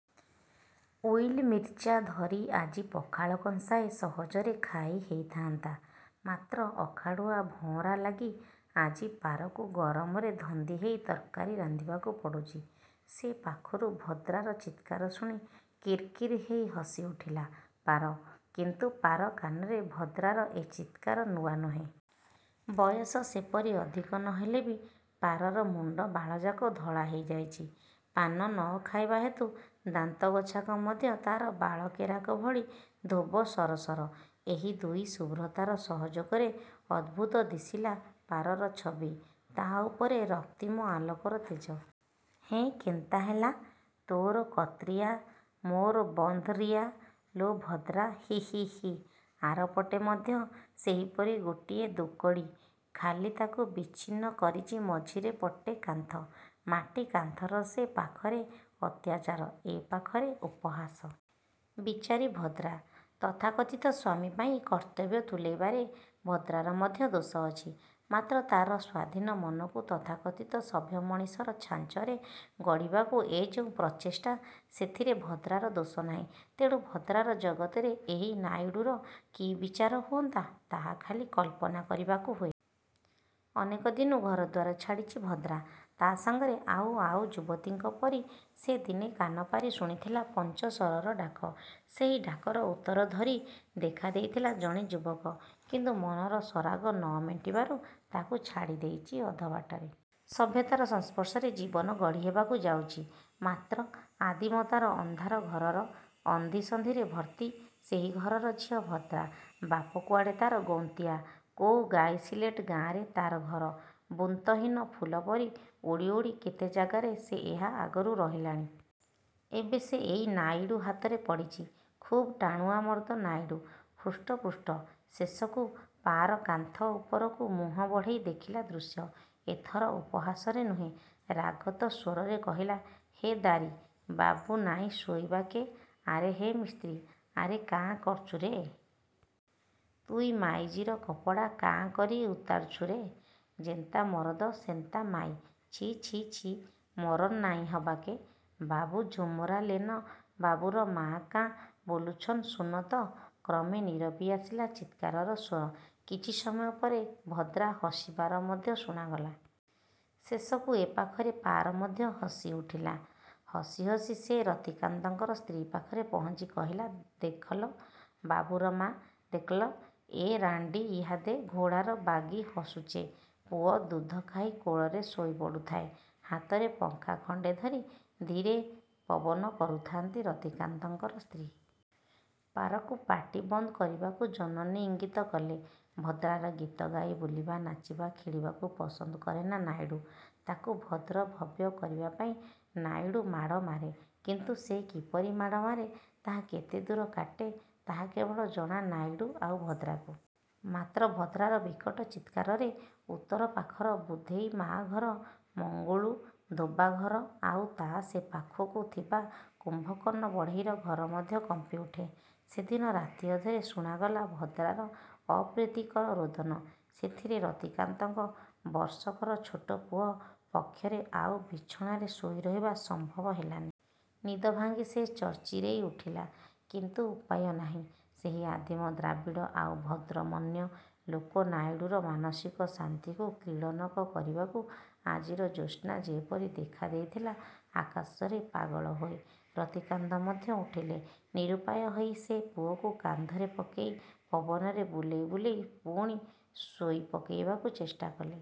ଉଇଲ୍ ମିର୍ଚା ଧରି ଆଜି ପଖାଳ କଂସାଏ ସହଜରେ ଖାଇ ହେଇଥାନ୍ତା, ମାତ୍ର ଅଖାଡ଼ୁଆ ଭଁଅରା ଲାଗି ଆଜି ପାରକୁ ଗରମରେ ଧନ୍ଦି ହେଇ ତର୍କାରି ରାନ୍ଧିବାକୁ ପଡ଼ୁଚି। ସେ ପାଖରୁ ଭଦ୍ରାର ଚିତ୍କାର ଶୁଣି କିର୍କିର୍ ହେଇ ହସିଉଠିଲା ପାର। କିନ୍ତୁ ପାର କାନରେ ଭଦ୍ରାର ଏ ଚିତ୍କାର ନୂଆ ନୁହେଁ। ବୟସ ସେପରି ଅଧିକ ନ ହେଲେ ବି ପାରର ମୁଣ୍ଡ ବାଳଯାକ ଧଳା ହେଇଯାଇଚି। ପାନ ନ ଖାଇବାହେତୁ ଦାନ୍ତଗୋଛାକ ମଧ୍ୟ ତାର ବାଳ କେରାକ ଭଳି ଧୋବ ସରସର। ଏହି ଦୁଇ ଶୁଭ୍ରତାର ସହଯୋଗରେ ଅଦ୍ଭୁତ ଦିଶିଲା ପାରର ଛବି–ତା ଉପରେ ରକ୍ତିମ ଆଲୋକର ତେଜ। ହେଁ କେନ୍ତା ହେଲା... ତୋର କତ୍ରିଆ, ମୋର ବନ୍ଧ୍ ରିଆ ଲୋ ଭଦ୍ରା... ହି ହି ହି... ଆରପଟେ ମଧ୍ୟ ସେହିପରି ଗୋଟିଏ ଦୋକଡ଼ି, ଖାଲି ତାକୁ ବିଚ୍ଛିନ୍ନ କରିଚି ମଝିରେ ପଟେ କାନ୍ଥ। ମାଟି କାନ୍ଥର ସେ ପାଖରେ ଅତ୍ୟାଚାର, ଏ ପାଖରେ ଉପହାସ। ବିଚାରୀ ଭଦ୍ରା! ତଥାକଥିତ ସ୍ଵାମୀ ପାଇଁ କର୍ତ୍ତବ୍ୟ ତୁଲେଇବାରେ ଭଦ୍ରାର ମଧ୍ୟ ଦୋଷ ଅଛି। ମାତ୍ର ତାର ସ୍ଵାଧୀନ ମନକୁ ତଥାକଥିତ ସଭ୍ୟମଣିଷର ଛାଞ୍ଚରେ ଗଢ଼ିବାକୁ ଏ ଯେଉଁ ପ୍ରଚେଷ୍ଟା, ସେଥିରେ ଭଦ୍ରାର ଦୋଷ ନାହିଁ। ତେଣୁ ଭଦ୍ରାର ଜଗତରେ ଏହି ନାଇଡ଼ୁର କି ବିଚାର ହୁଅନ୍ତା, ତାହା ଖାଲି କଳ୍ପନା କରିବାକୁ ହୁଏ। ଅନେକ ଦିନୁ ଘରଦ୍ଵାର ଛାଡ଼ିଚି ଭଦ୍ରା। ତା ସାଙ୍ଗରେ ଆଉ ଆଉ ଯୁବତୀଙ୍କ ପରି ସେ ଦିନେ କାନପାରି ଶୁଣିଥିଲା ପଞ୍ଚଶରର ଡାକ। ସେହି ଡାକର ଉତ୍ତର ଧରି ଦେଖାଦେଇଥିଲା ଜଣେ ଯୁବକ। କିନ୍ତୁ ମନର ସରାଗ ନ ମେଣ୍ଟିବାରୁ ତାକୁ ଛାଡ଼ି ଦେଇଚି ଅଧବାଟରେ। ସଭ୍ୟତାର ସଂସ୍ପର୍ଶରେ ଜୀବନ ଗଢ଼ି ହେବାକୁ ଯାଉଚି, ମାତ୍ର ଆଦିମତାର ଅନ୍ଧାର ଘରର ଅନ୍ଧିସନ୍ଧିରେ ଭର୍ତ୍ତି–ସେହି ଘରର ଝିଅ ଭଦ୍ରା। ବାପ କୁଆଡ଼େ ତାର ଗୌନ୍ତିଆ, କୋଉ ଗାଇସିଲେଟ ଗାଁରେ ତାର ଘର-। ବୃନ୍ତହୀନ ଫୁଲ ପରି ଉଡ଼ି ଉଡ଼ି କେତେ ଜାଗାରେ ସେ ଏହା ଆଗରୁ ରହିଲାଣି। ଏବେ ସେ ଏଇ ନାଇଡ଼ୁ ହାତରେ ପଡ଼ିଚି। ଖୁବ ଟାଣୁଆ ମର୍ଦ୍ଦ ନାଇଡ଼ୁ। ହୃଷ୍ଟପୁଷ୍ଟ। ଶେଷକୁ ପାର କାନ୍ଥ ଉପରକୁ ମୁଁହ ବଢ଼େଇ ଦେଖିଲା ଦୃଶ୍ୟ। ଏଥର ଉପହାସରେ ନୁହେଁ, ରାଗତ ସ୍ଵରରେ କହିଲା... "ହେ ଦାରୀ' ବାବୁ ନାଇଁ ଶୋଇବା କେ... ଆରେ ହେ ମିସ୍ତ୍ରୀ, ଆରେ କାଁ କର୍ଚୁରେ... ତୁଇ ମାଇଜିର କପଡ଼ା କାଁ କରି ଉତାର୍ଛୁରେ। ଯେନ୍ତା ମରଦ, ସେନ୍ତା ମାଇ। ଛି... ଛି... ଛି ମରନ୍ ନାଇଁ ହବାକେ। ବାବୁ ଝୁମରାଲେନ... ବାବୁର ମା କାଁ ବୋଲୁଛନ୍ ଶୁନତ... " କ୍ରମେ ନୀରବି ଆସିଲା ଚିତ୍କାରର ସ୍ୱର। କିଛି ସମୟ ପରେ ଭଦ୍ରା ହସିବାର ମଧ୍ୟ ଶୁଣାଗଲା। ଶେଷକୁ ଏ ପାଖରେ ପାର ମଧ୍ୟ ହସିଉଠିଲା। ହସି ହସି ସେ ରତିକାନ୍ତଙ୍କର ସ୍ତ୍ରୀ ପାଖରେ ପହଞ୍ଚି କହିଲା, "ଦେଖ୍ଲ, ବାବୁର ମା, ଦେଖ୍ଲ, ଏ ରାଁଡ଼ି ଇହାଦେ ଘୋଡ଼ାର ବାଗି ହସୁଚେ। " ପୁଅ ଦୁଧଖାଇ କୋଳରେ ଶୋଇପଡ଼ୁ ଥାଏ–ହାତରେ ପଙ୍ଖା ଖଣ୍ଡେ ଧରି ଧୀରେ ପବନ କରୁଥାନ୍ତି ରତିକାନ୍ତଙ୍କର ସ୍ତ୍ରୀ। ପାରକୁ ପାଟି ବନ୍ଦ କରିବାକୁ ଜନନୀ ଇଙ୍ଗିତ କଲେ। ଭଦ୍ରାର ଗୀତଗାଇ ବୁଲିବା, ନାଚିବା, ଖେଳିବାକୁ ପସନ୍ଦ କରେନା ନାଇଡ଼ୁ। ତାକୁ ଭଦ୍ର, ଭବ୍ୟ କରିବା ପାଇଁ ନାଇଡ଼ୁ ମାଡ଼ ମାରେ। କିନ୍ତୁ ସେ କିପରି ମାଡ଼ ମାରେ, ତାହା କେତେ ଦୂର କାଟେ, ତାହା କେବଳ ଜଣା ନାଇଡ଼ୁ, ଆଉ ଭଦ୍ରାକୁ। ମାତ୍ର ଭଦ୍ରାର ବିକଟ ଚିତ୍କାରରେ ଉତ୍ତର ପାଖର ବୁଧେଇ ମା ଘର, ମଙ୍ଗଳୁ ଧୋବା ଘର, ଆଉ ତା' ସେ ପାଖକୁ ଥିବା କୁମ୍ଭକର୍ଣ୍ଣ ବଢ଼େଇର ଘର ମଧ୍ୟ କମ୍ପିଉଠେ। ସେଦିନ ରାତି ଅଧରେ ଶୁଣାଗଲା ଭଦ୍ରାର ଅପ୍ରୀତିକର ରୋଦନ। ସେଥିରେ ରତିକାନ୍ତଙ୍କ ବର୍ଷକର ଛୋଟ ପୁଅ ପକ୍ଷରେ ଆଉ ବିଛଣାରେ ଶୋଇରହିବା ସମ୍ଭବ ହେଲାନି। ନିଦଭାଙ୍ଗି ସେ ଚିର୍ଚିରେଇ ଉଠିଲା। କିନ୍ତୁ ଉପାୟ ନାହିଁ। ସେହି ଆଦିମ ଦ୍ରାବିଡ଼ ଆଉ ଭଦ୍ରମନ୍ୟ ଲୋକ ନାଇଡ଼ୁର ମାନସିକ ଶାନ୍ତିକୁ କ୍ରୀଡ଼ନକ କରିବାକୁ ଆଜିର ଜ୍ୟୋତ୍ସ୍ନା ଯେପରି ଦେଖାଦେଇଥିଲା ଆକାଶରେ ପାଗଳ ହେଇ। ରତିକାନ୍ତ ମଧ୍ୟ ଉଠିଲେ। ନିରୁପାୟ ହେଇ ସେ ପୁଅକୁ କାନ୍ଧରେ ପକେଇ ପବନରେ ବୁଲେଇ ବୁଲେଇ ପୁଣି ଶୋଇପକେଇବାକୁ ଚେଷ୍ଟାକଲେ।